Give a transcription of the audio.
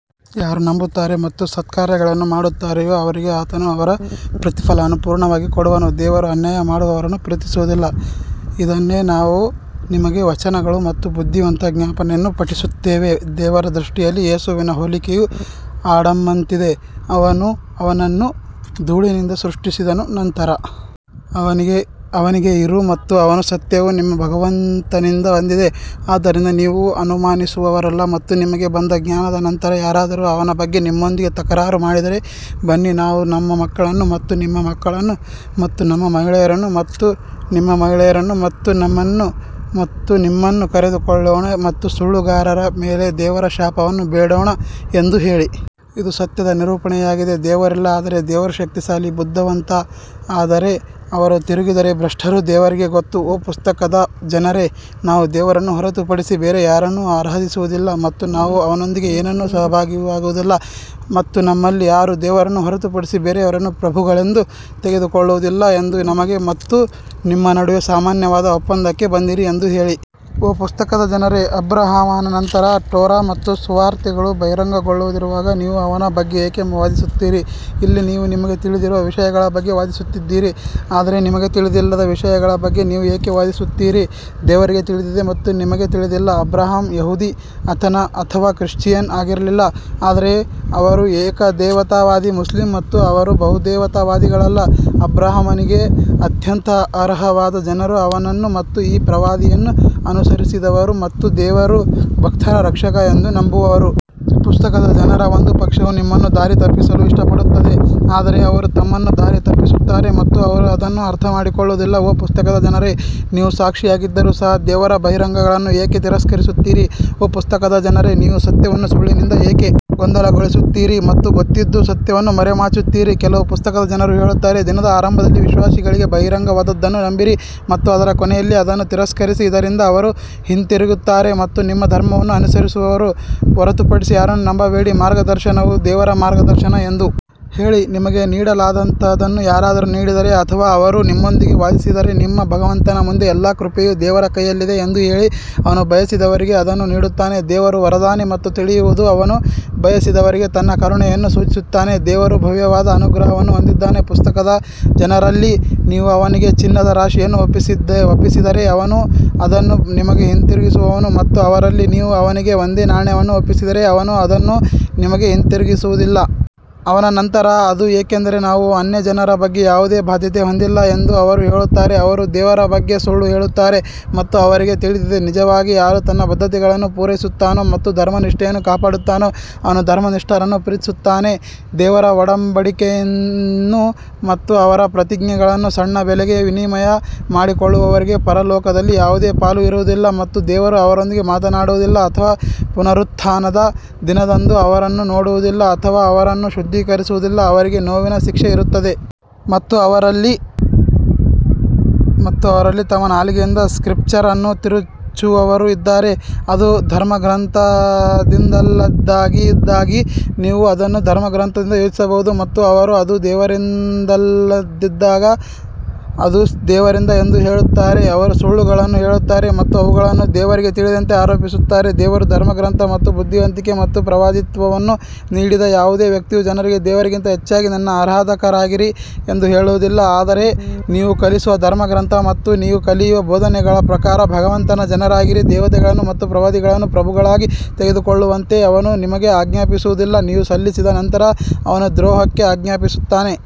ಯಾರು ನಂಬುತ್ತಾರೆ ಮತ್ತು ಸತ್ಕಾರ್ಯಗಳನ್ನು ಮಾಡುತ್ತಾರೆಯೋ ಅವರಿಗೆ ಆತನು ಅವರ ಪ್ರತಿಫಲವನ್ನು ಪೂರ್ಣವಾಗಿ ಕೊಡುವನು ದೇವರು ಅನ್ಯಾಯ ಮಾಡುವವರನ್ನು ಪ್ರೀತಿಸುವುದಿಲ್ಲ ಇದನ್ನೇ ನಾವು ನಿಮಗೆ ವಚನಗಳು ಮತ್ತು ಬುದ್ಧಿವಂತ ಜ್ಞಾಪನೆಯನ್ನು ಪಠಿಸುತ್ತೇವೆ ದೇವರ ದೃಷ್ಟಿಯಲ್ಲಿ ಯೇಸುವಿನ ಹೋಲಿಕೆಯು ಆಡಮ್ನಂತಿದೆ, ಅವನು ಅವನನ್ನು ಧೂಳಿನಿಂದ ಸೃಷ್ಟಿಸಿದನು ನಂತರ ಅವನಿಗೆ ಇರು ಮತ್ತು ಅವನು ಸತ್ಯವು ನಿಮ್ಮ ಭಗವಂತನಿಂದ ಬಂದಿದೆ ಆದ್ದರಿಂದ ನೀವು ಅನುಮಾನಿಸುವವರಲ್ಲ ಮತ್ತು ನಿಮಗೆ ಬಂದ ಜ್ಞಾನದ ನಂತರ ಯಾರಾದರೂ ಅವನ ಬಗ್ಗೆ ನಿಮ್ಮೊಂದಿಗೆ ತಕರಾರು ಮಾಡಿದರೆ, ಬನ್ನಿ ನಾವು ನಮ್ಮ ಮಕ್ಕಳನ್ನು ಮತ್ತು ನಿಮ್ಮ ಮಕ್ಕಳನ್ನು ಮತ್ತು ನಮ್ಮ ಮಹಿಳೆಯರನ್ನು ಮತ್ತು ನಿಮ್ಮ ಮಹಿಳೆಯರನ್ನು ಮತ್ತು ನಮ್ಮನ್ನು ಮತ್ತು ನಿಮ್ಮನ್ನು ಕರೆದುಕೊಳ್ಳೋಣ ಮತ್ತು ಸುಳ್ಳುಗಾರರ ಮೇಲೆ ದೇವರ ಶಾಪವನ್ನು ಬೇಡೋಣ ಎಂದು ಹೇಳಿ. ಇದು ಸತ್ಯದ ನಿರೂಪಣೆಯಾಗಿದೆ ದೇವರಿಲ್ಲ ಆದರೆ ದೇವರು ಶಕ್ತಿಶಾಲಿ ಬುದ್ಧಿವಂತ ಆದರೆ ಅವರು ತಿರುಗಿದರೆ ಭ್ರಷ್ಟರು ದೇವರಿಗೆ ಗೊತ್ತು ಓ ಪುಸ್ತಕದ ಜನರೇ, ನಾವು ದೇವರನ್ನು ಹೊರತುಪಡಿಸಿ ಬೇರೆ ಯಾರನ್ನೂ ಆರಾಧಿಸುವುದಿಲ್ಲ ಮತ್ತು ನಾವು ಅವನೊಂದಿಗೆ ಏನನ್ನೂ ಸಹಭಾಗಿಯಾಗುವುದಿಲ್ಲ ಮತ್ತು ನಮ್ಮಲ್ಲಿ ಯಾರೂ ದೇವರನ್ನು ಹೊರತುಪಡಿಸಿ ಬೇರೆಯವರನ್ನು ಪ್ರಭುಗಳೆಂದು ತೆಗೆದುಕೊಳ್ಳುವುದಿಲ್ಲ ಎಂದು ನಮಗೆ ಮತ್ತು ನಿಮ್ಮ ನಡುವೆ ಸಾಮಾನ್ಯವಾದ ಒಪ್ಪಂದಕ್ಕೆ ಬಂದಿರಿ ಎಂದು ಹೇಳಿ. ಓ ಪುಸ್ತಕದ ಜನರೇ, ಅಬ್ರಹಾಮನ ನಂತರ ಟೋರಾ ಮತ್ತು ಸುವಾರ್ತೆಗಳು ಬಹಿರಂಗಗೊಳ್ಳದಿರುವಾಗ ನೀವು ಅವನ ಬಗ್ಗೆ ಏಕೆ ವಾದಿಸುತ್ತೀರಿ? ಇಲ್ಲಿ ನೀವು ನಿಮಗೆ ತಿಳಿದಿರುವ ವಿಷಯಗಳ ಬಗ್ಗೆ ವಾದಿಸುತ್ತಿದ್ದೀರಿ ಆದರೆ ನಿಮಗೆ ತಿಳಿದಿಲ್ಲದ ವಿಷಯಗಳ ಬಗ್ಗೆ ನೀವು ಏಕೆ ವಾದಿಸುತ್ತೀರಿ ದೇವರಿಗೆ ತಿಳಿದಿದೆ ಮತ್ತು ನಿಮಗೆ ತಿಳಿದಿಲ್ಲ ಅಬ್ರಹಾಂ ಯಹೂದಿ ಅಥವಾ ಕ್ರಿಶ್ಚಿಯನ್ ಆಗಿರಲಿಲ್ಲ ಆದರೆ ಅವರು ಏಕದೇವತಾವಾದಿ ಮುಸ್ಲಿಂ ಮತ್ತು ಅವರು ಬಹುದೇವತಾವಾದಿಗಳಲ್ಲ ಅಬ್ರಹಾಮನಿಗೆ ಅತ್ಯಂತ ಅರ್ಹವಾದ ಜನರು ಅವನನ್ನು ಮತ್ತು ಈ ಪ್ರವಾದಿಯನ್ನು ಅನುಸರಿಸಿದವರು ಮತ್ತು ದೇವರು ಭಕ್ತರ ರಕ್ಷಕ ಎಂದು ನಂಬುವವರು. ಪುಸ್ತಕದ ಜನರ ಒಂದು ಪಕ್ಷವು ನಿಮ್ಮನ್ನು ದಾರಿತಪ್ಪಿಸಲು ಇಷ್ಟಪಡುತ್ತದೆ ಆದರೆ ಅವರು ತಮ್ಮನ್ನು ದಾರಿ ತಪ್ಪಿಸುತ್ತಾರೆ ಮತ್ತು ಅವರು ಅದನ್ನು ಅರ್ಥಮಾಡಿಕೊಳ್ಳುವುದಿಲ್ಲ ಓ ಪುಸ್ತಕದ ಜನರೇ, ನೀವು ಸಾಕ್ಷಿಯಾಗಿದ್ದರೂ ಸಹ ದೇವರ ಬಹಿರಂಗಗಳನ್ನು ಏಕೆ ತಿರಸ್ಕರಿಸುತ್ತೀರಿ ಓ ಪುಸ್ತಕದ ಜನರೇ, ನೀವು ಸತ್ಯವನ್ನು ಸುಳ್ಳಿನಿಂದ ಏಕೆ ಗೊಂದಲಗೊಳಿಸುತ್ತೀರಿ ಮತ್ತು ಗೊತ್ತಿದ್ದೂ ಸತ್ಯವನ್ನು ಮರೆಮಾಚುತ್ತೀರಿ ಕೆಲವು ಪುಸ್ತಕದ ಜನರು ಹೇಳುತ್ತಾರೆ, ದಿನದ ಆರಂಭದಲ್ಲಿ ವಿಶ್ವಾಸಿಗಳಿಗೆ ಬಹಿರಂಗವಾದದ್ದನ್ನು ನಂಬಿರಿ ಮತ್ತು ಅದರ ಕೊನೆಯಲ್ಲಿ ಅದನ್ನು ತಿರಸ್ಕರಿಸಿ ಇದರಿಂದ ಅವರು ಹಿಂತಿರುಗುತ್ತಾರೆ ಮತ್ತು ನಿಮ್ಮ ಧರ್ಮವನ್ನು ಅನುಸರಿಸುವವರನ್ನು ಹೊರತುಪಡಿಸಿ ಯಾರನ್ನೂ ನಂಬಬೇಡಿ, ಮಾರ್ಗದರ್ಶನವು ದೇವರ ಮಾರ್ಗದರ್ಶನ ಎಂದು ಹೇಳಿ, ನಿಮಗೆ ನೀಡಲಾದಂತಹದನ್ನು ಯಾರಾದರೂ ನೀಡಿದರೆ ಅಥವಾ ಅವರು ನಿಮ್ಮೊಂದಿಗೆ ವಾದಿಸಿದರೆ ನಿಮ್ಮ ಭಗವಂತನ ಮುಂದೆ ಎಲ್ಲಾ ಕೃಪೆಯು ದೇವರ ಕೈಯಲ್ಲಿದೆ ಎಂದು ಹೇಳಿ ಅವನು ಬಯಸಿದವರಿಗೆ ಅದನ್ನು ನೀಡುತ್ತಾನೆ ದೇವರು ವರದಾನಿ ಮತ್ತು ತಿಳಿಯುವುದು ಅವನು ಬಯಸಿದವರಿಗೆ ತನ್ನ ಕರುಣೆಯನ್ನು ಸೂಚಿಸುತ್ತಾನೆ ದೇವರು ಭವ್ಯವಾದ ಅನುಗ್ರಹವನ್ನು ಹೊಂದಿದ್ದಾನೆ ಪುಸ್ತಕದ ಜನರಲ್ಲಿ ನೀವು ಅವನಿಗೆ ಚಿನ್ನದ ರಾಶಿಯನ್ನು ಒಪ್ಪಿಸಿದರೆ ಅವನು ಅದನ್ನು ನಿಮಗೆ ಹಿಂದಿರುಗಿಸುವನು ಮತ್ತು ಅವರಲ್ಲಿ ನೀವು ಅವನಿಗೆ ಒಂದೇ ನಾಣ್ಯವನ್ನು ಒಪ್ಪಿಸಿದರೆ ಅವನು ಅದನ್ನು ನಿಮಗೆ ಹಿಂತಿರುಗಿಸುವುದಿಲ್ಲ. ಅವನ ನಂತರ ಅದು ಏಕೆಂದರೆ ನಾವು ಅನ್ಯಜನರ ಬಗ್ಗೆ ಯಾವುದೇ ಬಾಧ್ಯತೆ ಹೊಂದಿಲ್ಲ ಎಂದು ಅವರು ಹೇಳುತ್ತಾರೆ ಅವರು ದೇವರ ಬಗ್ಗೆ ಸುಳ್ಳು ಹೇಳುತ್ತಾರೆ ಮತ್ತು ಅವರಿಗೆ ತಿಳಿದಿದೆ ನಿಜವಾಗಿ ಯಾರು ತನ್ನ ಬದ್ಧತೆಗಳನ್ನು ಪೂರೈಸುತ್ತಾನೋ ಮತ್ತು ಧರ್ಮನಿಷ್ಠೆಯನ್ನು ಕಾಪಾಡುತ್ತಾನೋ ಅವನು ಧರ್ಮನಿಷ್ಠರನ್ನು ಪ್ರೀತಿಸುತ್ತಾನೆ ದೇವರ ಒಡಂಬಡಿಕೆಯನ್ನು ಮತ್ತು ಅವರ ಪ್ರತಿಜ್ಞೆಗಳನ್ನು ಸಣ್ಣ ಬೆಲೆಗೆ ವಿನಿಮಯ ಮಾಡಿಕೊಳ್ಳುವವರಿಗೆ ಪರಲೋಕದಲ್ಲಿ ಯಾವುದೇ ಪಾಲು ಇರುವುದಿಲ್ಲ ಮತ್ತು ದೇವರು ಅವರೊಂದಿಗೆ ಮಾತನಾಡುವುದಿಲ್ಲ ಅಥವಾ ಪುನರುತ್ಥಾನದ ದಿನದಂದು ಅವರನ್ನು ನೋಡುವುದಿಲ್ಲ ಅಥವಾ ಅವರನ್ನು ಶುದ್ಧೀಕರಿಸುವುದಿಲ್ಲ, ಅವರಿಗೆ ನೋವಿನ ಶಿಕ್ಷೆ ಇರುತ್ತದೆ. ಮತ್ತು ಅವರಲ್ಲಿ ತಮ್ಮ ನಾಲಿಗೆಯಿಂದ ಸ್ಕ್ರಿಪ್ಚರ್ ಅನ್ನು ತಿರುಚುವವರೂ ಇದ್ದಾರೆ, ಅದು ಧರ್ಮಗ್ರಂಥದಿಂದಲ್ಲದಿದ್ದಾಗ ನೀವು ಅದನ್ನು ಧರ್ಮಗ್ರಂಥದಿಂದ ಯೋಚಿಸಬಹುದು ಮತ್ತು ಅವರು ಅದು ದೇವರಿಂದಲ್ಲದಿದ್ದಾಗ ಅದು ದೇವರಿಂದ ಎಂದು ಹೇಳುತ್ತಾರೆ ಅವರು ಸುಳ್ಳುಗಳನ್ನು ಹೇಳುತ್ತಾರೆ ಮತ್ತು ಅವುಗಳನ್ನು ದೇವರಿಗೆ ತಿಳಿದಂತೆ ಆರೋಪಿಸುತ್ತಾರೆ. ದೇವರು ಧರ್ಮಗ್ರಂಥ ಮತ್ತು ಬುದ್ಧಿವಂತಿಕೆ ಮತ್ತು ಪ್ರವಾದಿತ್ವವನ್ನು ನೀಡಿದ ಯಾವುದೇ ವ್ಯಕ್ತಿಯು ಜನರಿಗೆ ದೇವರಿಗಿಂತ ಹೆಚ್ಚಾಗಿ ನನ್ನ ಆರಾಧಕರಾಗಿರಿ ಎಂದು ಹೇಳುವುದಿಲ್ಲ ಆದರೆ ನೀವು ಕಲಿಸುವ ಧರ್ಮಗ್ರಂಥ ಮತ್ತು ನೀವು ಕಲಿಯುವ ಬೋಧನೆಗಳ ಪ್ರಕಾರ ಭಗವಂತನ ಜನರಾಗಿರಿ ದೇವತೆಗಳನ್ನು ಮತ್ತು ಪ್ರವಾದಿಗಳನ್ನು ಪ್ರಭುಗಳಾಗಿ ತೆಗೆದುಕೊಳ್ಳುವಂತೆ ಅವನು ನಿಮಗೆ ಆಜ್ಞಾಪಿಸುವುದಿಲ್ಲ, ನೀವು ಸಲ್ಲಿಸಿದ ನಂತರ ಅವನು ದ್ರೋಹಕ್ಕೆ ಆಜ್ಞಾಪಿಸುತ್ತಾನೆ.